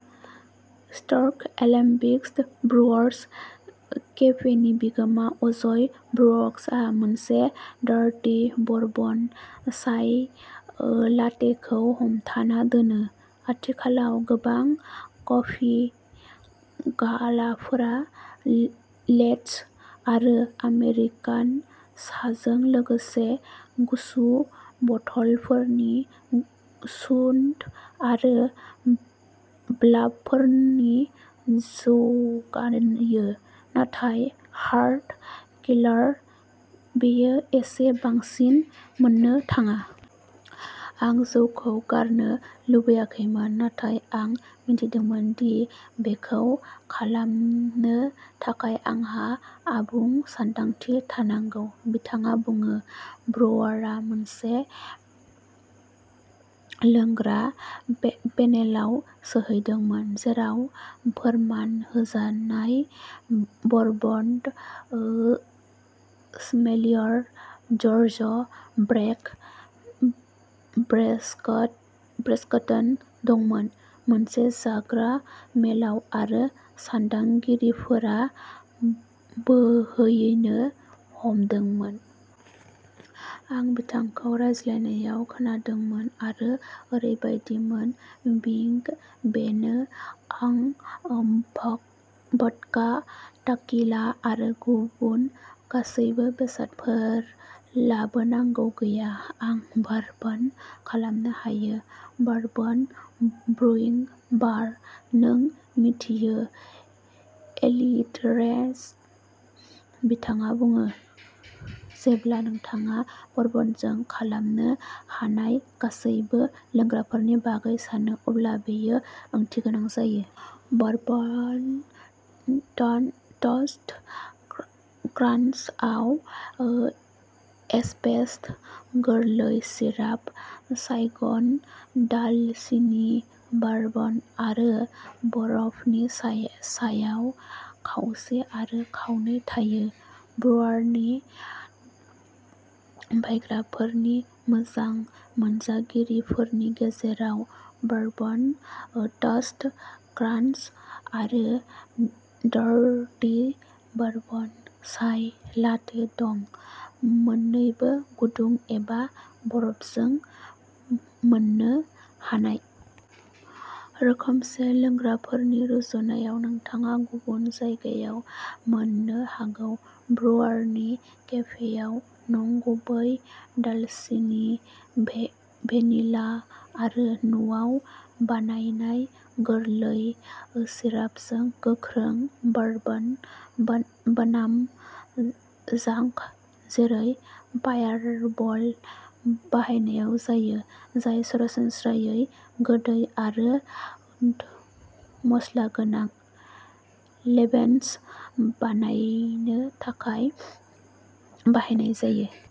Scott Elmquist Brewers केफेनि बिगोमा अजय ब्रुअर्सआ मोनसे डार्टि बरबन चाइ लाटेखौ हमथाना दोनो। आथिखालाव, गोबां कफि गलाफोरा लेट्स आरो आमेरिकान'सजों लोगोसे गुसु बथलफोरनि सुड आरो बाल्बफोरनि जौ जगायो। नाथाय हार्ड लिकार? बेयो एसे बांसिन मोननो थाङा। "आं जौखौ गारनो लुगैयाखैमोन, नाथाय आं मिथिदोंमोन दि बेखौ खालामनो थाखाय आंहा आबुं सानदांथि थानांगौ", बिथाङा बुङो। ब्रुआरआ मोनसे लोंग्रा पेनेलाव सौहैदोंमोन जेराव फोरमान होजानाय bourbon sommelier George "Brake" Braxton दंमोन मोनसे जाग्रा मेलाव आरो सानदांथिफोरा बोहैनो हमदोंमोन। "आं बिथांखौ रायज्लायनाय खोनादोंमोन आरो ओरैबायदिमोनः बिंग': बेनो। आं भदका, टकीला आरो गुबुन गासैबो बेसादफोर लाबोनांगौ गैया। आं बरबन खालामनो हायो। बरबन। ब्रुइं। बार। नों मिथियो, एलितरेशन", बिथाङा बुङो। "जेब्ला नोंथाङा बरबनजों खालामनो हानाय गासैबो लोंग्राफोरनि बागै सानो, अब्ला बेयो ओंथिगोनां जायो। बरबन टस्ट क्रान्चआव एस्प्रेस', गोरलै सिराप, साइगन दालसिनि, बरबन आरो बरफनि सायाव खावसे आरो खावसे थायो। ब्रुआरनि बायग्राफोरनि मोजां मोनजानायफोरनि गेजेराव बरबन टस्ट क्रान्च आरो डार्टि बरबन चाइ लाटे दं, मोननैबो गुदुं एबा बरफजों मोननो हानाय। रोखोमसे लोंग्राफोरनि रुजुनायाव नोंथाङा गुबुन जायगायाव मोननो हागौ, ब्रुआरनि केफेआव नंगुबै दालसिनि, भेनिला आरो न'आव बानायनाय गोरलै सिरापजों गोख्रों बरबन बनाम जांक जेरै फायारबल बाहायनाय जायो, जाय सरासनस्रायै गोदै आरो मसलागोनां लिबेशन्स बानायनो थाखाय बाहायनाय जायो।